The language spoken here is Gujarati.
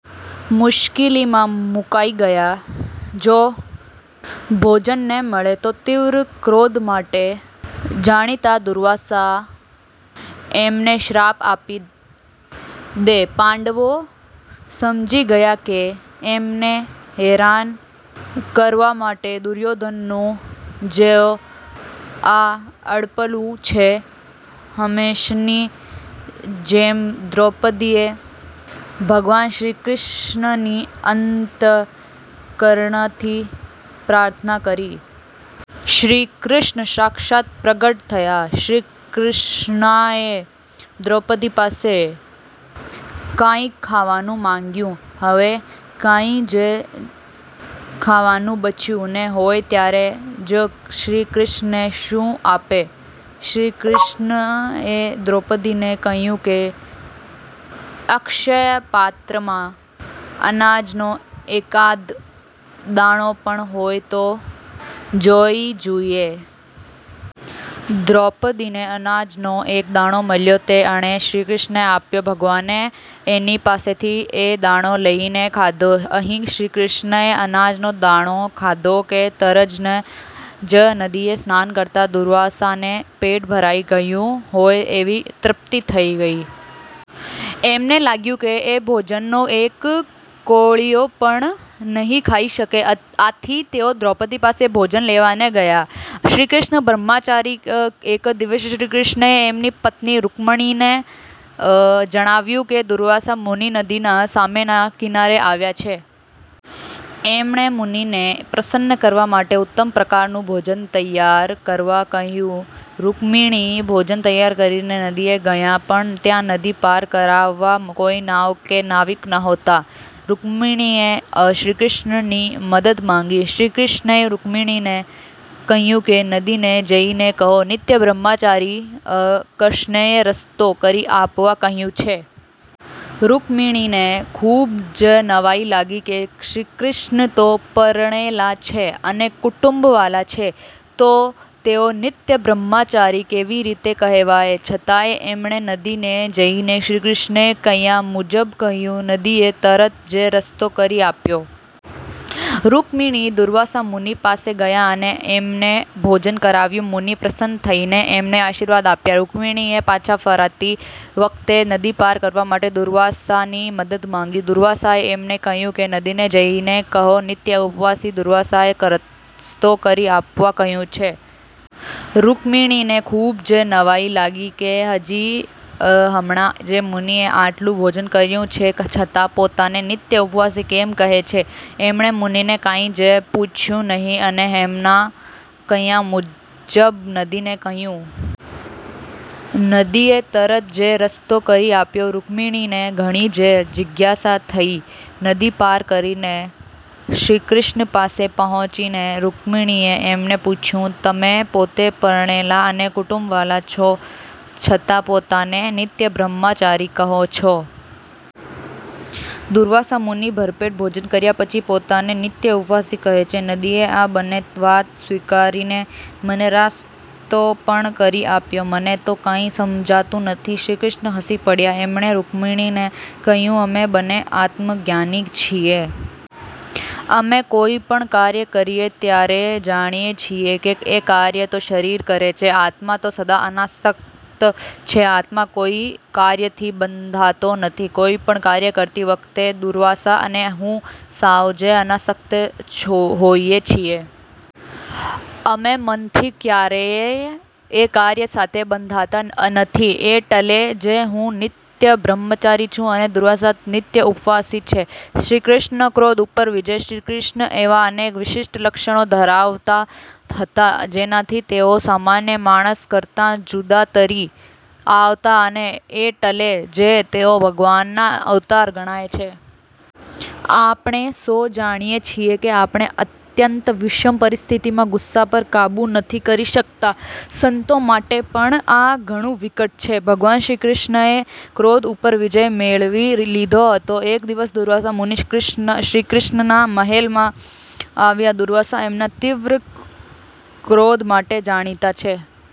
મુશ્કેલીમાં મુકાઇ ગયા. જો ભોજન ન મળે તો તીવ્ર ક્રોધ માટે જાણીતા દુર્વાસા એમને શ્રાપ આપી દે. પાંડવો સમજી ગયા કે એમને હેરાન કરવા માટે દુર્યોધનનું જ આ અડપલું છે. હંમેશની જેમ દ્રૌપદીએ ભગવાન શ્રીકૃષ્ણની અંત:કરણથી પ્રાર્થના કરી. શ્રીકૃષ્ણ સાક્ષાત પ્રગટ થયા! શ્રીકૃષ્ણએ દ્રૌપદી પાસે કાંઇક ખાવાનું માંગ્યું. હવે કાંઈ જ ખાવાનું બચ્યું ન હોય ત્યારે એ શ્રીકૃષ્ણને શું આપે? શ્રીકૃષ્ણએ દ્રૌપદીને કહ્યું કે અક્ષયપાત્રમાં અનાજનો એકાદ દાણો પણ હોય તો જોઈ જુએ. દ્રૌપદીને અનાજનો એક દાણો મળ્યો તે એણે શ્રીકૃષ્ણને આપ્યો. ભગવાને એની પાસેથી એ દાણો લઈને ખાધો. અહીં શ્રીકૃષ્ણએ અનાજનો દાણો ખાધો કે તરત જ નદીએ સ્નાન કરતા દુર્વાસાને પેટ ભરાઈ ગયું હોય એવી તૃપ્તિ થઇ ગઈ! એમને લાગ્યું કે એ ભોજનનો એક કોળિયો પણ નહીં ખાઈ શકે. આથી તેઓ દ્રૌપદી પાસે ભોજન લેવા ન ગયા. શ્રીકૃષ્ણ બ્રહ્મચારી એક દિવસ શ્રીકૃષ્ણએ એમની પત્ની રુકમિણીને જણાવ્યું કે દુર્વાસા મુનિ નદીના સામેના કિનારે આવ્યા છે. એમણે મુનિને પ્રસન્ન કરવા માટે ઉત્તમ પ્રકારનું ભોજન તૈયાર કરવા કહ્યું. રુકમિણી ભોજન તૈયાર કરીને નદીએ ગયાં પણ ત્યાં નદી પાર કરાવવા કોઈ નાવ કે નાવિક નહોતા. રુકમિણીએ શ્રીકૃષ્ણની મદદ માંગી. શ્રીકૃષ્ણએ રુકમિણીને કહ્યું કે નદીને જઈને કહો, "નિત્ય બ્રહ્મચારી કૃષ્ણએ રસ્તો કરી આપવા કહ્યું છે". રુકમિણીને ખુબ જ નવાઈ લાગી કે શ્રીકૃષ્ણ તો પરણેલા છે અને કુટુંબ વાળા છે તો તેઓ નિત્ય બ્રહ્મચારી કેવી રીતે કહેવાય? છતાંય એમણે નદીને જઈને શ્રીકૃષ્ણએ કહ્યા મુજબ કહ્યું. નદીએ તરત જ રસ્તો કરી આપ્યો. રુકમિણી દુર્વાસા મુનિ પાસે ગયાં અને એમને ભોજન કરાવ્યું. મુનિએ પ્રસન્ન થઈને એમને આશીર્વાદ આપ્યા. રુકમિણીએ પાછા ફરતી વખતે નદી પાર કરવા માટે દુર્વાસાની મદદ માંગી. દુર્વાસાએ એમને કહ્યું કે નદીને જઈને કહો, "નિત્ય ઉપવાસી દુર્વાસાએ રસ્તો કરી આપવા કહ્યું છે". રુકમિણીને ખુબ જ નવાઈ લાગી કે હજી હમણાં જ મુનિએ આટલું ભોજન કર્યું છે છતાં પોતાને નિત્ય ઉપવાસી કેમ કહે છે? એમણે મુનિને કાંઈ જ પૂછ્યું નહીં અને એમના કહ્યા મુજબ નદીને કહ્યું. નદીએ તરત જ રસ્તો કરી આપ્યો. રુકમિણીને ઘણી જ જીજ્ઞાસા થઇ. નદી પાર કરીને શ્રીકૃષ્ણ પાસે પહોંચીને રુકમિણીએ એમને પૂછ્યું, "તમે પોતે પરણેલા અને કુટુંબ વાળા છો છતાં પોતાને નિત્ય બ્રહ્મચારી કહો છો. દુર્વાસા મુનિ ભરપેટ ભોજન કર્યા પછી પોતાને નિત્ય ઉપવાસી કહે છે. નદીએ આ બંને વાત સ્વીકારીને મને રસ્તો પણ કરી આપ્યો. મને તો કાંઈ સમજાતું નથી". શ્રીકૃષ્ણ હસી પડ્યા. એમણે રુકમિણીને કહ્યું, "અમે બંને આત્મજ્ઞાની છીએ. અમે કોઈ પણ કાર્ય કરીએ ત્યારે જાણીએ છીએ કે એ કાર્ય તો શરીર કરે છે. આત્મા તો સદા અનાસક્ત છે આત્મા કોઈ કાર્યથી બંધાતો નથી. કોઈ પણ કાર્ય કરતી વખતે દુર્વાસા અને હું સાવ જ અનાસક્ત હોઈએ છીએ. અમે મનથી ક્યારેય એ કાર્ય સાથે બંધાતા નથી. એટલે જ હું નિત્ય બ્રહ્મચારી છું અને દુર્વાસા નિત્ય ઉપવાસી છે". શ્રીકૃષ્ણનો ક્રોધ ઉપર વિજય શ્રીકૃષ્ણ એવા અનેક વિશિષ્ઠ લક્ષણો ધરાવતા હતા જેનાથી તેઓ સામાન્ય માણસ કરતાં જુદા તરી આવતા અને એટલે જ તેઓ ભગવાનના અવતાર ગણાય છે. આપણે સૌ જાણીએ છીએ કે આપણે અત્યંત વિષમ પરિસ્થિતિમાં ગુસ્સા પર કાબુ નથી કરી શકતા. સંતો માટે પણ આ ઘણું વિકટ છે. ભગવાન શ્રીકૃષ્ણએ ક્રોધ ઉપર વિજય મેળવી લીધો હતો. એક દિવસ દુર્વાસા મુનિ શ્રીકૃષ્ણના મહેલમાં આવ્યા. દુર્વાસા એમના તીવ્ર ક્રોધ માટે જાણીતા છે.